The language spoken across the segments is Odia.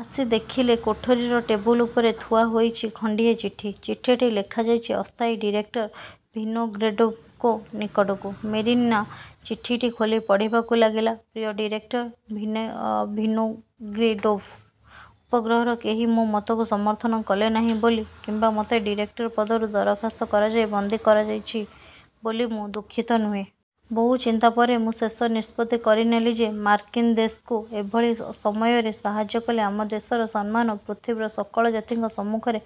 ଆସି ଦେଖିଲେ କୋଠରିର ଟେବୁଲ ଉପରେ ଥୁଆହୋଇଛି ଖଣ୍ଡିଏ ଚିଠି। ଚିଠିଟି ଲେଖାଯାଇଛି ଅସ୍ଥାୟୀ ଡିରେକ୍ଟର ଭିନୋଗ୍ରେଡ଼ୋଭ୍ଙ୍କ ନିକଟକୁ। ମେରିନା ଚିଠିଟି ଖୋଲି ପଢ଼ିବାକୁ ଲାଗିଲା– ପ୍ରିୟ ଡିରେକ୍ଟର ଭିନୋଗ୍ରେଡ଼ୋଭ୍, ଉପଗ୍ରହର କେହି ମୋ ମତକୁ ସମର୍ଥନ କଲେ ନାହିଁ ବୋଲି କିମ୍ବା ମୋତେ ଡିରେକ୍ଟର ପଦରୁ ଦରଖାସ୍ତ କରାଯାଇ ବନ୍ଦୀ କରାଯାଇଛି ବୋଲି ମୁଁ ଦୁଃଖିତ ନୁହେଁ। ବହୁ ଚିନ୍ତା ପରେ ମୁଁ ଶେଷ ନିଷ୍ପତ୍ତି କରିନେଲି ଯେ, ମାର୍କିନ୍ଦେଶକୁ ଏଭଳି ସମୟରେ ସାହାଯ୍ୟ କଲେ ଆମ ଦେଶର ସମ୍ମାନ ପୃଥିବୀର ସକଳ ଜାତିଙ୍କ ସମ୍ମୁଖରେ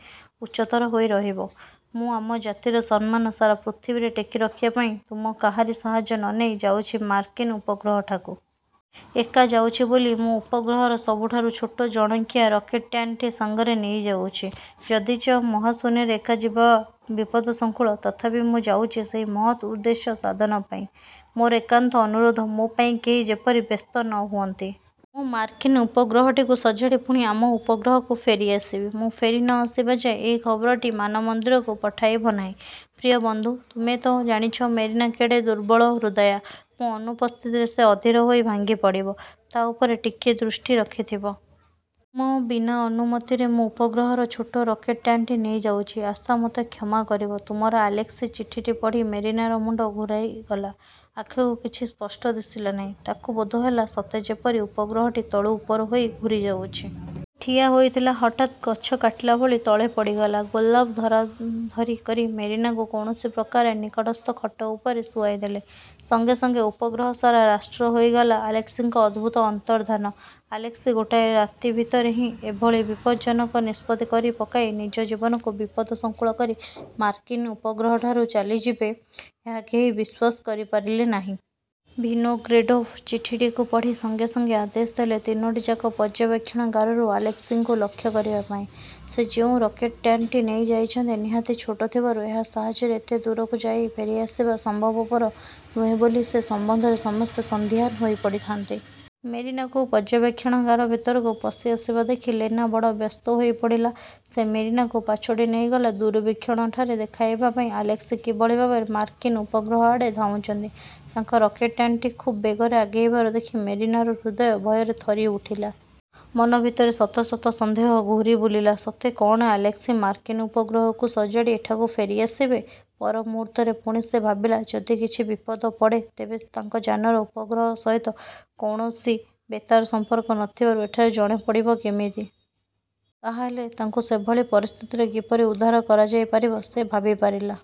ଉଚ୍ଚତର ହୋଇ ରହିବ। ମୁଁ ଆମ ଜାତିର ସମ୍ମାନ ସାରା ପୃଥିବୀରେ ଟେକି ରଖିବା ପାଇଁ ତୁମ କାହାରି ସାହାଯ୍ୟ ନନେଇ ଯାଉଛି ମାର୍କିନ୍ ଉପଗ୍ରହଠାକୁ। ଏକା ଯାଉଛି ବୋଲି ମୁଁ ଉପଗ୍ରହର ସବୁଠାରୁ ଛୋଟ ଜଣକିଆ ରକେଟ୍ଯାନଟି ସଙ୍ଗରେ ନେଇ ଯାଉଛି। ଯଦିଚ ମହାଶୂନ୍ୟରେ ଏକା ଯିବା ବିପଦସଂକୁଳ, ତଥାପି ମୁଁ ଯାଉଛି ସେହି ମହତ୍ଉଦ୍ଦେଶ୍ୟ ସାଧନ ପାଇଁ। ମୋର ଏକାନ୍ତ ଅନୁରୋଧ, ମୋ ପାଇଁ କେହି ଯେପରି ବ୍ୟସ୍ତ ନ ହୁଅନ୍ତି। ମୁଁ ମାର୍କିନ୍ ଉପଗ୍ରହଟିକୁ ସଜାଡ଼ି ପୁଣି ଆମ ଉପଗ୍ରହକୁ ଫେରିଆସିବି। ମୁଁ ଫେରି ନ ଆସିବା ଯାଏଁ, ଏହି ଖବରଟି ମାନମନ୍ଦିରକୁ ପଠାଇବ ନାହିଁ। ପ୍ରିୟ ବନ୍ଧୁ, ତୁମେ ତ ଜାଣିଛ ମେରିନା କେଡ଼େ ଦୁର୍ବଳହୃଦୟା। ମୋ ଅନୁପସ୍ଥିତିରେ ସେ ଅଧୀର ହୋଇ ଭାଙ୍ଗିଫଡ଼ିବ। ତା' ଉପରେ ଟିକିଏ ଦୃଷ୍ଟି ରଖିଥିବ। ତୁମ ବିନାନୁମତିରେ ମୁଁ ଉପଗ୍ରହର ଛୋଟ ରକେଟ୍ଯାନଟି ନେଇ ଯାଉଛି। ଆଶା, ମୋତେ କ୍ଷମା କରିବ। ତୁମର ଆଲେସ୍କି ଚିଠିଟି ପଢ଼ି ମେରିନାର ମୁଣ୍ଡ ଘୂରାଇଗଲା। ଆଖିକୁ କିଛି ସ୍ପଷ୍ଟ ଦିଶିଲା ନାହିଁ। ତାକୁ ବୋଧହେଲା ସତେ ଯେପରି ଉପଗ୍ରହଟି ତଳୁ ଉପର ହୋଇ ଘୂରିଯାଉଛି। ସେ ଠିଆ ହୋଇଥିଲା, ହଠାତ୍ଗଛ କାଟିଲଭଳି ତଳେ ପଡ଼ିଗଲା। ଗୋଲେଭ୍ ଧରାଧରି କରି ମେରିନାକୁ କୌଣସି ପ୍ରକାରେ ନିକଟସ୍ଥ ଖଟ ଉପରେ ଶୁଆଇଦେଲେ। ସଙ୍ଗେ ସଙ୍ଗେ ଉପଗ୍ରହ ସାରା ରାଷ୍ଟ୍ର ହୋଇଗଲା ଆଲେସ୍କିଙ୍କ ଅଦ୍ଭୁତ ଅନ୍ତର୍ଦ୍ଧାନ। ଆଲେସ୍କି ଗୋଟାଏ ରାତି ଭିତରେ ଏଭଳି ଏକ ବିପଦ୍ଜନକ ନିଷ୍ପତ୍ତି କରି ପକାଇ ନିଜ ଜୀବନକୁ ବିପଦସଂକୁଳ କରି ମାର୍କିନ୍ ଉପଗ୍ରହଠାରୁ ଚାଲିଯିବେ, ଏହା କେହି ବିଶ୍ୱାସ କରିପାରିଲେ ନାହିଁ। ଭିନୋଗ୍ରେଡ଼ୋଭ୍ ଚିଠିଟିକୁ ପଢ଼ି ସଙ୍ଗେ ସଙ୍ଗେ ଆଦେଶ ଦେଲେ, ତିନୋଟିଯାକ ପର୍ଯ୍ୟବେକ୍ଷଣାଗାରରୁ ଆଲେସ୍କିଙ୍କୁ ଲକ୍ଷ୍ୟ କରିବା ପାଇଁ। ସେ ଯେଉଁ ରକେଟ୍ଯାନଟି ନେଇ ଯାଇଛନ୍ତି, ନିହାତି ଛୋଟ ଥିବାରୁ ଏହା ସାହାଯ୍ୟରେ ଏତେ ଦୂରକୁ ଯାଇ ଫେରିଆସିବା ସମ୍ଭବପର ନୁହେଁ ବୋଲି ସେ ସମ୍ବନ୍ଧରେ ସମସ୍ତେ ସନ୍ଦିହାନ ହୋଇପଡ଼ିଥାନ୍ତି। ମେରିନାକୁ ପର୍ଯ୍ୟବେକ୍ଷଣାଗାର ଭିତରକୁ ପଶି ଆସିବା ଦେଖି ଲେନା ବଡ଼ ବ୍ୟସ୍ତ ହୋଇପଡ଼ିଲା। ସେ ମେରିନାକୁ ପାଛୋଟି ନେଇ ଗଲା ଦୂରବୀକ୍ଷଣଠାରେ ଦେଖାଇବା ପାଇଁ ଆଲେସ୍କି କିଭଳି ଭାବରେ ମାର୍କିନ୍। ଉପଗ୍ରହ ଆଡ଼େ ଧାଉଁଛନ୍ତି। ତାଙ୍କ ରକେଟ୍ଯାନଟି ଖୁବ୍ବେଗରେ ଆଗେଇବାର ଦେଖି ମେରିନାର ହୃଦୟ ଭୟରେ ଥରି ଉଠିଲା। ମନ ଭିତରେ ଶତ ଶତ ସନ୍ଦେହ ଘୂରି ବୁଲିଲା, ''ସତେ କଅଣ ଆଲେସ୍କି ମାର୍କିନ୍ ଉପଗ୍ରହକୁ ସଜାଡ଼ି ଏଠାକୁ ଫେରିଆସିବେ? '' ପରମୁହୂର୍ତ୍ତରେ ପୁଣି ସେ ଭାବିଲା, ଯଦି କିଛି ବିପଦ ପଡ଼େ ତେବେ ତାଙ୍କ ଯାନର ଉପଗ୍ରହ ସହିତ କୌଣସି ବେତାର ସଂପର୍କ ନଥିବାରୁ ଏଠାରେ ଜଣାପଡ଼ିବ କେମିତି? ତା'ହେଲେ ତାଙ୍କୁ ସେଭଳି ପରିସ୍ଥିତିରେ କିପରି ଉଦ୍ଧାର କରାଯାଇ ପାରିବ, ସେ ଭାବି ପାରିଲା